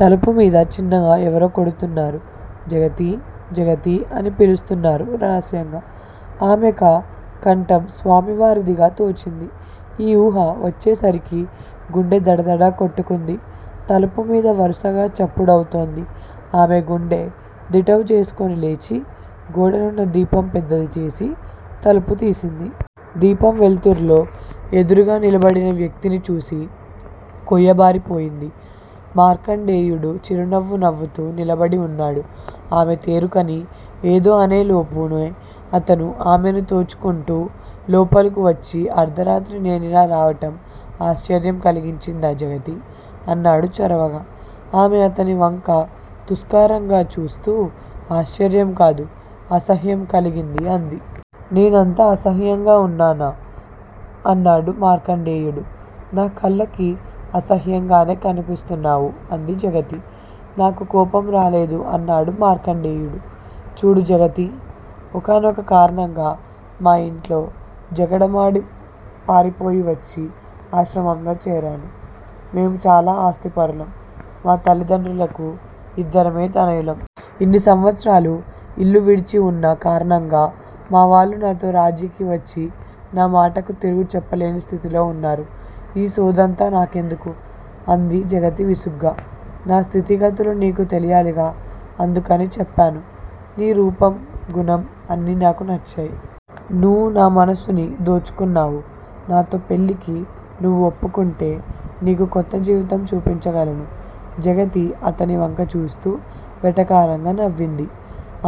తలుపు మీద చిన్నగా ఎవరో కొడుతున్నారు. జగతీ! జగతీ! అని పిలుస్తున్నారు రహస్యంగా. ఆమెకా కంఠం స్వామి వారిదిగా తోచింది. ఈ ఊహ వచ్చే సరికి గుండె దడదడ కొట్టుకుంది. తలుపు మీద వరుసగా చప్పుడవుతోంది. ఆమె గుండె దిటవు చేసుకుని లేచి, గోడనున్న దీపం పెద్దది చేసి, తలుపుతీసింది. దీపం వెల్తుర్లో ఎదురుగా నిలబడిన వ్యక్తిని చూసి కొయ్యబారి పోయింది. మార్కండేయుడు చిరునవ్వు నవ్వుతూ నిలబడి వున్నాడు. ఆమె తేరుకుని ఏదో అనేలోపునే అతను ఆమెను తోచుకుంటూ లోపలకు వచ్చి, అర్ధరాత్రి నేనిలా రావటం ఆశ్చర్యం కలిగించిందా జగతీ! అన్నాడు చొరవగా. ఆమె అతని వంక తూస్కారంగా చూస్తూ ఆశ్చర్యం కాదు అసహ్యం కలిగించింది అంది. నేనంత అసహ్యంగా వున్నానా? అన్నాడు మార్కండేయుడు. నా కళ్ళకి అసహ్యంగానే కనిపిస్తున్నావు అంది జగతి. నాకు కోపం రాలేదు అన్నాడు మార్కండేయుడు. చూడు జగతీ! ఒకానొక కారణంగా మా యింట్లో జగడమాడి పారిపోయివచ్చి ఆశ్రమంలో చేరాను. మేము చాలా ఆస్తిపరులం. మా తల్లిదండ్రులకు యిద్దరమే తనయులం. ఇన్ని సంవత్సరాలు యిల్లు విడిచివున్న కారణంగా మావాళ్ళు నాతో రాజీకి వచ్చి నా మాటకు తిరుగు చెప్పలేని స్థితిలో వున్నారు. ఈ సోదంతా నాకెందుకు? అంది జగతి విసుగ్గా. నా స్థితిగతులు నీకు తెలియాలిగా, అందుకని చెప్పాను. నీ రూపం, గుణం అన్నీ నాకు నచ్చాయి. నువ్వు నా మనస్సుని దోచుకున్నావు. నాతో పెళ్ళికి నువ్వు ఒప్పుకుంటే నీకు కొత్తజీవితం చూపించగలను. జగతి అతనివంక చూస్తూ వెటకారంగా నవ్వింది.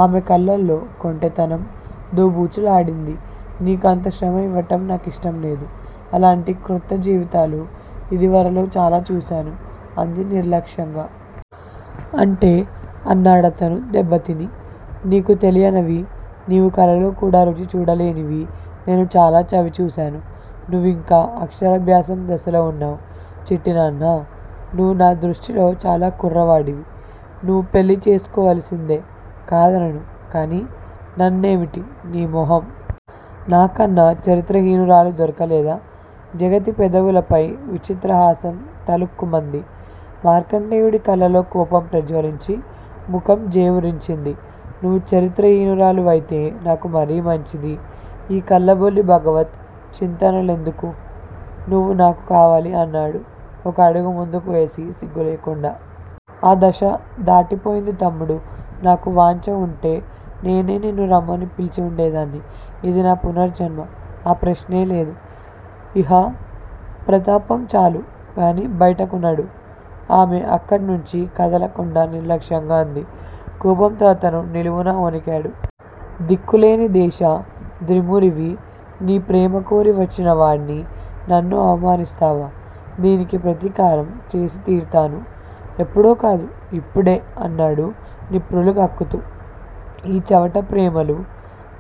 ఆమెకళ్ళలో కొంటె తనం దోబూచులాడింది. నీకు అంత శ్రమ యివ్వటం నాకిష్టం లేదు. అలాంటి క్రొత్త జీవితాలు ఇదివరలో చాలా చూశాను అంది నిర్లక్ష్యంగా. అంటే? అన్నాడతను దెబ్బతిని. నీకు తెలియనివి, నీవు కలలో కూడా రుచి చూడలేనివి నేను చాలా చవి చూశాను. నువ్వింకా అక్షరాభ్యాసం దశలో వున్నావు చిట్టి నాన్నా! నువ్వు నా దృష్టిలో చాలా కుర్రవాడివి. నువ్వు పెళ్ళి చేసుకోవలసిందే. కాదనను. కాని నన్నేమిటి నీ మొహం. నాకన్నా చరిత్ర హీనురాలు దొరకలేదా? జగతి పెదవులపై విచిత్రహాసం తళుక్కుమంది. మార్కండేయుడి కళ్ళలో కోపం ప్రజ్వలించి, ముఖం జేవురించింది. నువ్వు చరిత్ర హీనురాలు వైతే నాకు మరీ మంచిది. ఈ కల్లబొల్లి భగవత్ చింతనలెందుకు? నువ్వు నాకు కావాలి అన్నాడు ఒక అడుగు ముందుకు వేసి సిగ్గు లేకుండా. ఆ దశ దాటి పోయింది తమ్ముడూ. నాకు వాంఛ వుంటే నేనే నిన్ను రమ్మని పిల్చి వుండేదాన్ని. ఇది నా పునర్జన్మ. ఆ ప్రశ్నే లేదు. ఇహ ప్రతాపం చాలు గాని బయటకు నడు ఆమె అక్కడ్నుంచి కదలకుండా నిర్లక్ష్యంగా అంది. కోపంతో అతను నిలువునా వొణికాడు. దిక్కులేని దేశ ద్రిమ్మరివి, నీ ప్రేమకోరి వచ్చిన వాడ్ని, నన్ను అవమానిస్తావా? దీనికి ప్రతీకారం చేసి తీర్తాను. ఎప్పుడో కాదు, యిప్పుడే అన్నాడు నిప్పులు గ్రక్కుతూ. ఈ చవట ప్రేమలూ,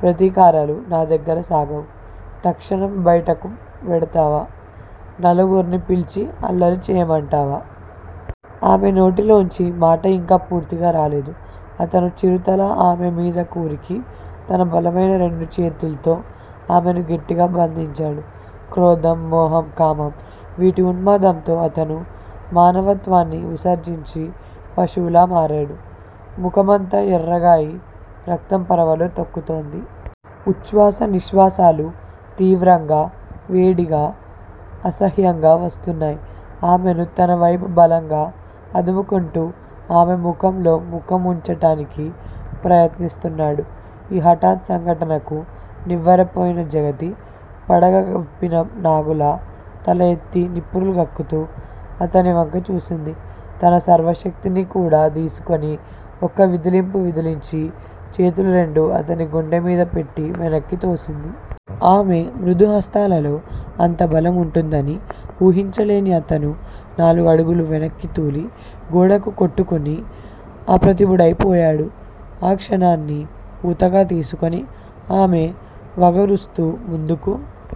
ప్రతీకారాలూ నా దగ్గర సాగవు. తక్షణం బయటకు వెడతావా? నలుగుర్నీ పిలిచి అల్లరి చేయమంటావా? ఆమె నోటి లోంచి మాట యింకా పూర్తిగా రాలేదు. అతను చిరుతలా ఆమె మీదకు ఉరికి, తన బలమైన రెండు చేతుల్తో ఆమెను గట్టిగా బంధించాడు. క్రోధం, మోహం, కామం వీటి ఉన్మాదంతో అతను మానవత్వాన్ని విసర్జించి పశువులా మారాడు. ముఖమంతా యెర్రగా అయి, రక్తం పరవళ్ళు తొక్కుతోంది. ఉచ్చ్వాస నిశ్వాసాలు తీవ్రంగా, వేడిగా, అసహ్యంగా వస్తున్నాయి. ఆమెను తన వైపు బలంగా అదుముకుంటూ, ఆమె ముఖంలో ముఖం వుంచటానికి ప్రయత్నిస్తున్నాడు. ఈ హఠాత్ సంఘటనకు నివ్వెరపోయిన జగతి పడగ విప్పిన నాగులా తల ఎత్తి నిప్పులు గ్రక్కుతూ అతని వంక చూసింది. తన సర్వశక్తినీ కూడ దీసుకుని ఒక్క విదిలింపు విదిలించి, చేతులు రెండూ అతని గుండె మీద పెట్టి వెనక్కి తోసింది. ఆమె మృదు హస్తాలలో అంత బలం వుంటుందని వూహించలేని అతను నాలుగు అడుగులు వెనక్కి తూలి, గోడకు కొట్టుకుని, అప్రతిభుడైపోయాడు. ఆ క్షణాన్ని ఊతగా తీసుకుని ఆమె వగరుస్తూ ముందుకు